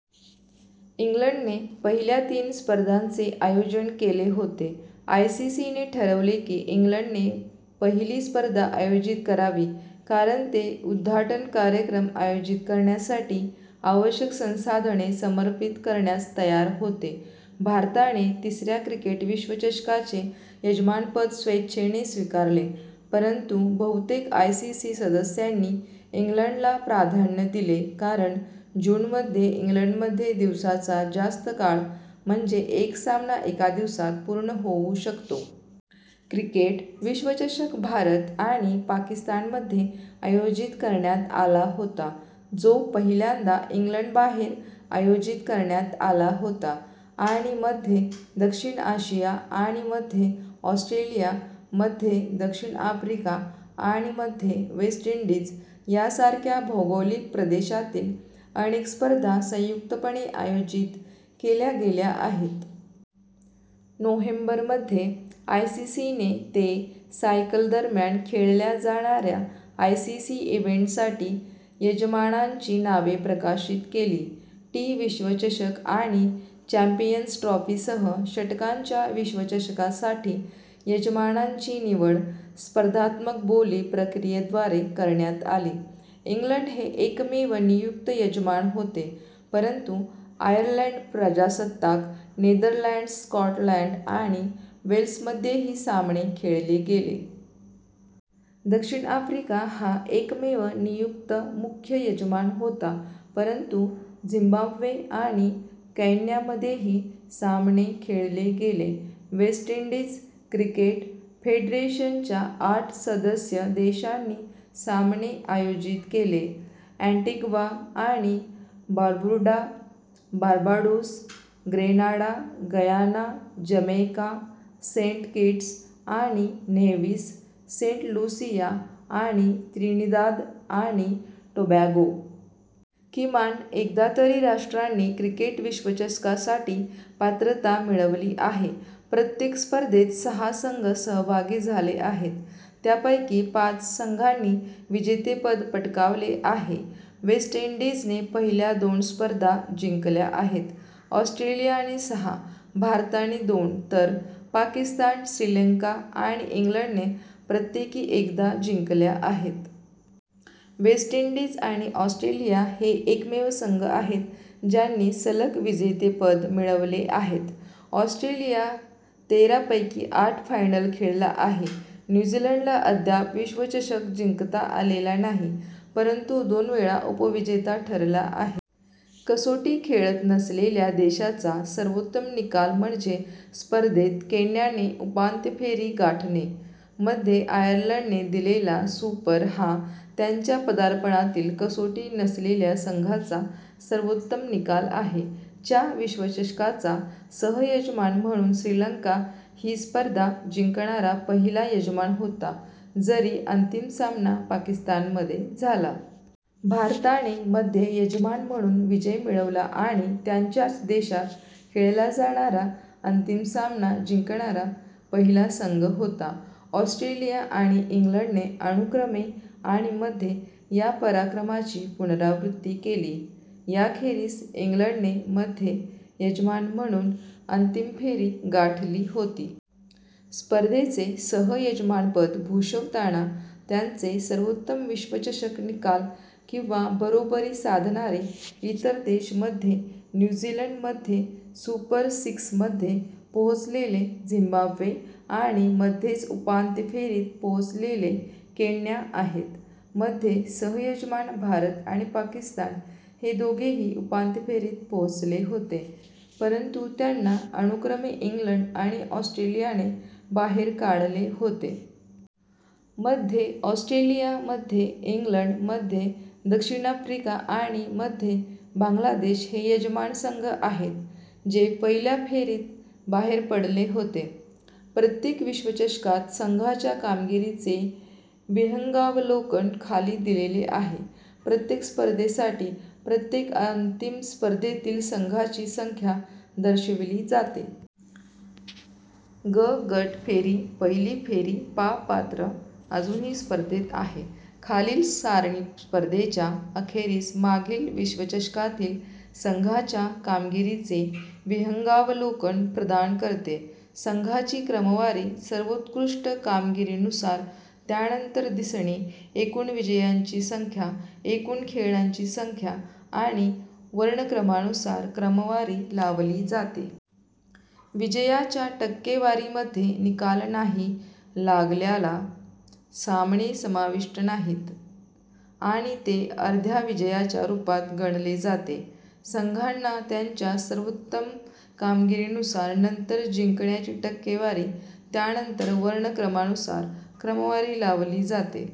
इंग्लंडने पहिल्या तीन स्पर्धांचे आयोजन केले होते. आयसीसीने ठरवले की इंग्लंडने पहिली स्पर्धा आयोजित करावी कारण ते उद्घाटन कार्यक्रम आयोजित करण्यासाठी आवश्यक संसाधने समर्पित करण्यास तयार होते. भारताने तिसऱ्या क्रिकेट विश्वचषकाचे यजमानपद स्वेच्छेने स्वीकारले, परंतु बहुतेक आयसीसी सदस्यांनी इंग्लंडला प्राधान्य दिले कारण जूनमध्ये इंग्लंडमध्ये दिवसाचा जास्त काळ म्हणजे एक सामना एका दिवसात पूर्ण होऊ शकतो. क्रिकेट विश्वचषक भारत आणि पाकिस्तानमध्ये आयोजित करण्यात आला होता, जो पहिल्यांदा इंग्लंडबाहेर आयोजित करण्यात आला होता., आणि मध्ये दक्षिण आशिया, आणि मध्ये ऑस्ट्रेलिया, मध्ये दक्षिण आफ्रिका आणि मध्ये वेस्ट इंडीज यासारख्या भौगोलिक प्रदेशातील अनेक स्पर्धा संयुक्तपणे आयोजित केल्या गेल्या आहेत. नोव्हेंबर मध्ये, आयसीसी ने ते सायकल दरम्यान खेळल्या जाणाऱ्या आयसीसी इव्हेंटसाठी यजमानांची नावे प्रकाशित केली. टी- विश्वचषक आणि चॅम्पियन्स ट्रॉफीसह षटकांच्या विश्वचषकासाठी यजमानांची निवड स्पर्धात्मक बोली प्रक्रियेद्वारे करण्यात आली. ^ इंग्लंड हे एकमेव नियुक्त यजमान होते, परंतु आयर्लंड प्रजासत्ताक, नेदरलँड्स, स्कॉटलंड आणि वेल्समध्येही सामने खेळले गेले. ^ दक्षिण आफ्रिका हा एकमेव नियुक्त मुख्य यजमान होता, परंतु झिम्बाब्वे आणि केन्यामध्येही सामने खेळले गेले. ^ वेस्ट इंडीझ क्रिकेट फेडरेशनच्या आठ सदस्य देशांनी सामने आयोजित केले अँटिग्वा आणि Barbuda, Barbados, Grenada, Guyana, Jamaica, Saint Kitts आणि नेव्हिस, सेंट लुसिया आणि त्रिनिदाद आणि टोबॅगो. किमान एकदा तरी राष्ट्रांनी क्रिकेट विश्वचषकासाठी पात्रता मिळवली आहे. प्रत्येक स्पर्धेत सहा संघ सहभागी झाले आहेत, त्यापैकी पाच संघांनी विजेतेपद पटकावले आहे. वेस्ट इंडीजने पहिल्या दोन स्पर्धा जिंकल्या आहेत, ऑस्ट्रेलियाने सहा, भारताने दोन, तर पाकिस्तान, श्रीलंका आणि इंग्लंडने प्रत्येकी एकदा जिंकल्या आहेत. वेस्ट इंडीज आणि ऑस्ट्रेलिया हे एकमेव संघ आहेत ज्यांनी सलग विजेतेपद मिळवले आहेत. ऑस्ट्रेलिया तेरा पैकी आठ फायनल खेळला आहे. न्यू झीलंडला अद्याप विश्वचषक जिंकता आलेला नाही, परंतु दोन वेळा उपविजेता ठरला आहे. कसोटी खेळत नसलेल्या देशाचा सर्वोत्तम निकाल म्हणजे स्पर्धेत केन्याने उपांत्य फेरी गाठणे; मध्ये आयर्लंडने दिलेला सुपर हा त्यांच्या पदार्पणातील कसोटी नसलेल्या संघाचा सर्वोत्तम निकाल आहे. च्या विश्वचषकाचा सह-यजमान म्हणून श्रीलंका ही स्पर्धा जिंकणारा पहिला यजमान होता, जरी अंतिम सामना पाकिस्तानमध्ये झाला. भारताने मध्ये यजमान म्हणून विजय मिळवला आणि त्यांच्याच देशात खेळला जाणारा अंतिम सामना जिंकणारा पहिला संघ होता. ऑस्ट्रेलिया आणि इंग्लंडने अनुक्रमे आणि मध्ये या पराक्रमाची पुनरावृत्ती केली. याखेरीज इंग्लंडने मध्ये यजमान म्हणून अंतिम फेरी गाठली होती. स्पर्धेचे सह-यजमानपद भूषवताना त्यांचे सर्वोत्तम विश्वचषक निकाल किंवा बरोबरी साधणारे इतर देश मध्ये न्यू झीलंड, मध्ये सुपर सिक्समध्ये पोहोचलेले झिम्बाब्वे आणि मध्येच उपांत्य फेरीत पोहोचलेले केन्या आहेत. मध्ये सह-यजमान भारत आणि पाकिस्तान हे दोघेही उपांत्य फेरीत पोहोचले होते, परंतु त्यांना अनुक्रमे इंग्लंड आणि ऑस्ट्रेलियाने बाहेर काढले होते. मध्ये ऑस्ट्रेलिया, मध्ये इंग्लंड, मध्ये दक्षिण आफ्रिका आणि मध्ये बांगलादेश हे यजमान संघ आहेत जे पहिल्या फेरीत बाहेर पडले होते. प्रत्येक विश्वचषकात संघांच्या कामगिरीचे विहंगावलोकन खाली दिले आहे. प्रत्येक स्पर्धेसाठी, प्रत्येक अंतिम स्पर्धेतील संघांची संख्या दर्शविली जाते. ग – गट फेरी / पहिली फेरी पा – पात्र, अजूनही स्पर्धेत आहे खालील सारणी स्पर्धेच्या अखेरीस मागील विश्वचषकातील संघांच्या कामगिरीचे विहंगावलोकन प्रदान करते. संघांची क्रमवारी सर्वोत्कृष्ट कामगिरीनुसार, त्यानंतर दिसणे, एकूण विजयांची संख्या, एकूण खेळांची संख्या आणि वर्णक्रमानुसार क्रमवारी लावली जाते. विजयाच्या टक्केवारीमध्ये निकाल नाही लागल्याला सामने समाविष्ट नाहीत आणि ते अर्ध्या विजयाच्या रूपात गणले जाते. संघांना त्यांच्या सर्वोत्तम कामगिरीनुसार, नंतर जिंकण्याची टक्केवारी, त्यानंतर वर्णक्रमानुसार क्रमवारी लावली जाते.